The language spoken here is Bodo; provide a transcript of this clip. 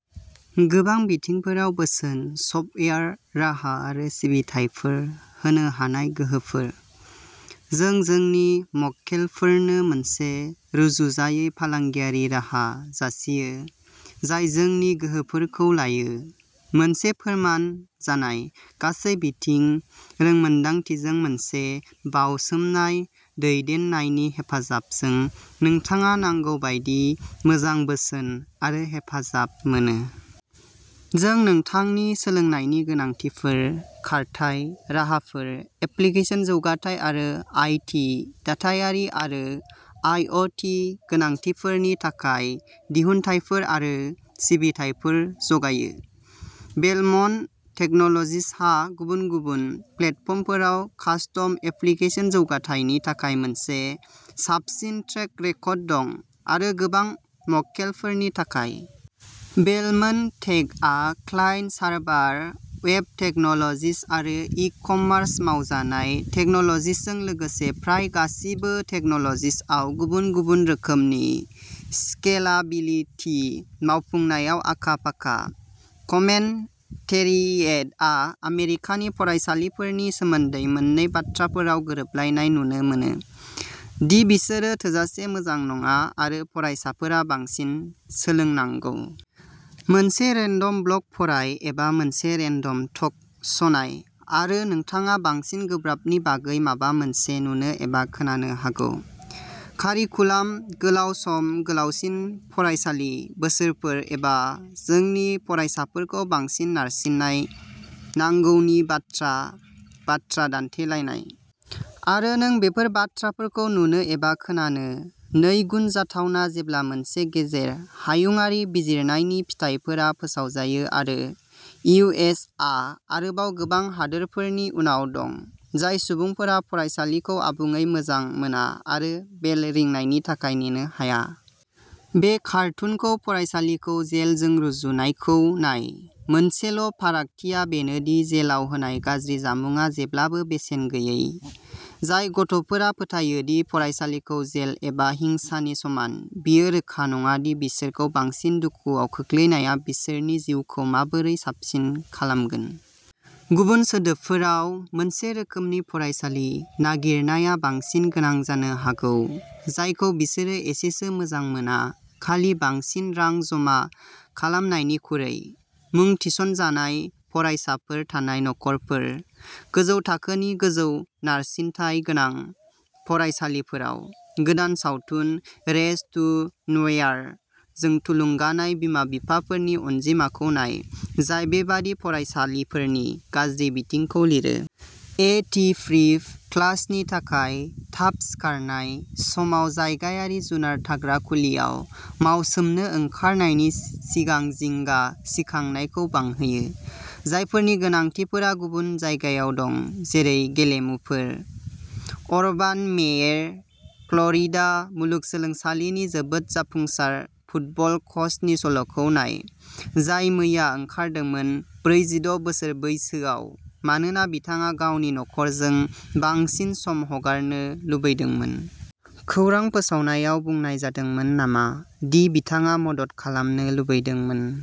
गोबां बिथिंफोराव बोसोन, सफ्टवेयार राहा आरो सिबिथायफोर होनो हानाय गोहोफोर। जों जोंनि मक्केलफोरनो मोनसे रुजुजायै फालांगियारि राहा जासियो जाय जोंनि गोहोफोरखौ लायो। मोनसे फोरमान जानाय गासै-बिथिं रोंमोन्दांथिजों मोनसे बाउसोमनाय दैदेननायनि हेफाजाबजों, नोंथाङा नांगौ बायदि मोजां बोसोन आरो हेफाजाब मोनो। जों नोंथांनि सोलोंनायनि गोनांथिफोर, खारथाइ राहाफोर, एप्लिकेसन जौगाथाय आरो आईटी दाथायारि आरो आईअ'टी गोनांथिफोरनि थाखाय दिहुनथायफोर आरो सिबिथाइफोर जगायो। बेलमन्ट टेक्न'ल'जिजहा गुबुन-गुबुन प्लेटफर्मफोराव कास्टम एप्लिकेशन जौगाथायनि थाखाय मोनसे साबसिन ट्रेक रेकर्ड दं, आरो गोबां मक्केलफोरनि थाखाय। बेलमन्ट टेकआ क्लायन्ट सार्भार, वेब टेक्न'ल'जिज आरो इकमार्स-मावजानाय टेक्न'ल'जिजजों लोगोसे प्राय गासिबो टेक्न'ल'जिजआव गुबुन-गुबुन रोखोमनि स्केलाबिलिटि मावफुंनायाव आखा-फाखा। कमेन्टेरियेटआ आमेरिकानि फरायसालिफोरनि सोमोन्दै मोननै बाथ्राफोराव गोरोबलायनाय नुनो मोनोः दि बिसोरो थोजासे मोजां नङा आरो फरायसाफोरा बांसिन सोलोंनांगौ। मोनसे रेन्डम ब्लग फराय एबा मोनसे रेन्डम टक श'नाय आरो नोंथाङा बांसिन गोब्राबनि बागै माबा मोनसे नुनो एबा खोनानो हागौ। कारिकुलाम, गोलाव सम, गोलावसिन फरायसालि बोसोरफोर, एबा जोंनि फरायसाफोरखौ बांसिन नारसिन्नाय नांगौनि बाथ्रा बाथ्रा दान्थेलायनाय। आरो नों बेफोर बाथ्राफोरखौ नुनो एबा खोनानो नैगुन जाथावना जेब्ला मोनसे गेजेर हायुंआरि बिजिरनायनि फिथायफोरा फोसावजायो आरो इउ. एस. आ आरोबाव गोबां हादोरफोरनि उनाव दं। जाय सुबुंफोरा फरायसालिखौ आबुङै मोजां मोना आरो बेल रिंनायनि थाखाय नेनो हाया। बे कार्टुनखौ फरायसालिखौ जेलजों रुजुनायखौ नाय... मोनसेल' फारागथिआ बेनो दि जेलाव होनाय गाज्रि जामुंआ जेब्लाबो बेसेन गैयै। जाय गथ'फोरा फोथायो दि फरायसालिखौ जेल एबा हिंसानि समान, बेयो रोखा नङा दि बिसोरखौ बांसिन दुखुआव खोख्लैनाया बिसोरनि जिउखौ माबोरै साबसिन खालामगोन। गुबुन सोदोबफोराव, मोनसे रोखोमनि फरायसालि नागिरनाया बांसिन गोनां जानो हागौ जायखौ बिसोरो एसेसो मोजां मोना खालि बांसिन रां जमा खालामनायनिखुरै। मुं थिसनजानाय फरायसाफोर थानाय नखरफोर। गोजौ थाखोनि, गोजौ-नारसिनथाय गोनां फरायसालिफोराव। गोदान सावथुन "रेस टु न'वेयार" जों थुलुंगानाय बिमा-बिफाफोरनि अनजिमाखौ नाय, जाय बेबादि फरायसालिफोरनि गाज्रि बिथिंखौ लिरो। ए. टि. प्रिप क्लासनि थाखाय थाब सिखारनाय समाव जायगायारि जुनार थाग्रा खुलियाव मावसोमनो ओंखारनायनि सिगां जिंगा सिखांनायखौ बांहोयो। जायफोरनि गोनांथिफोरा गुबुन जायगायाव दं-जेरै गेलेमुफोर। अरबान मेयेर, फ्ल'रिडा मुलुगसोलोंसालिनि जोबोद जाफुंसार फुटबल कचनि सल'खौ नाय, जाय मैया ओंखारदोंमोन ब्रैजि द' बोसोर बैसोआव-मानोना बिथाङा गावनि नखरजों बांसिन सम हगारनो लुबैदोंमोन। खौरां फोसावनायाव बुंनाय जादोंमोन नामा दि बिथाङा मदद खालामनो लुबैदोंमोन?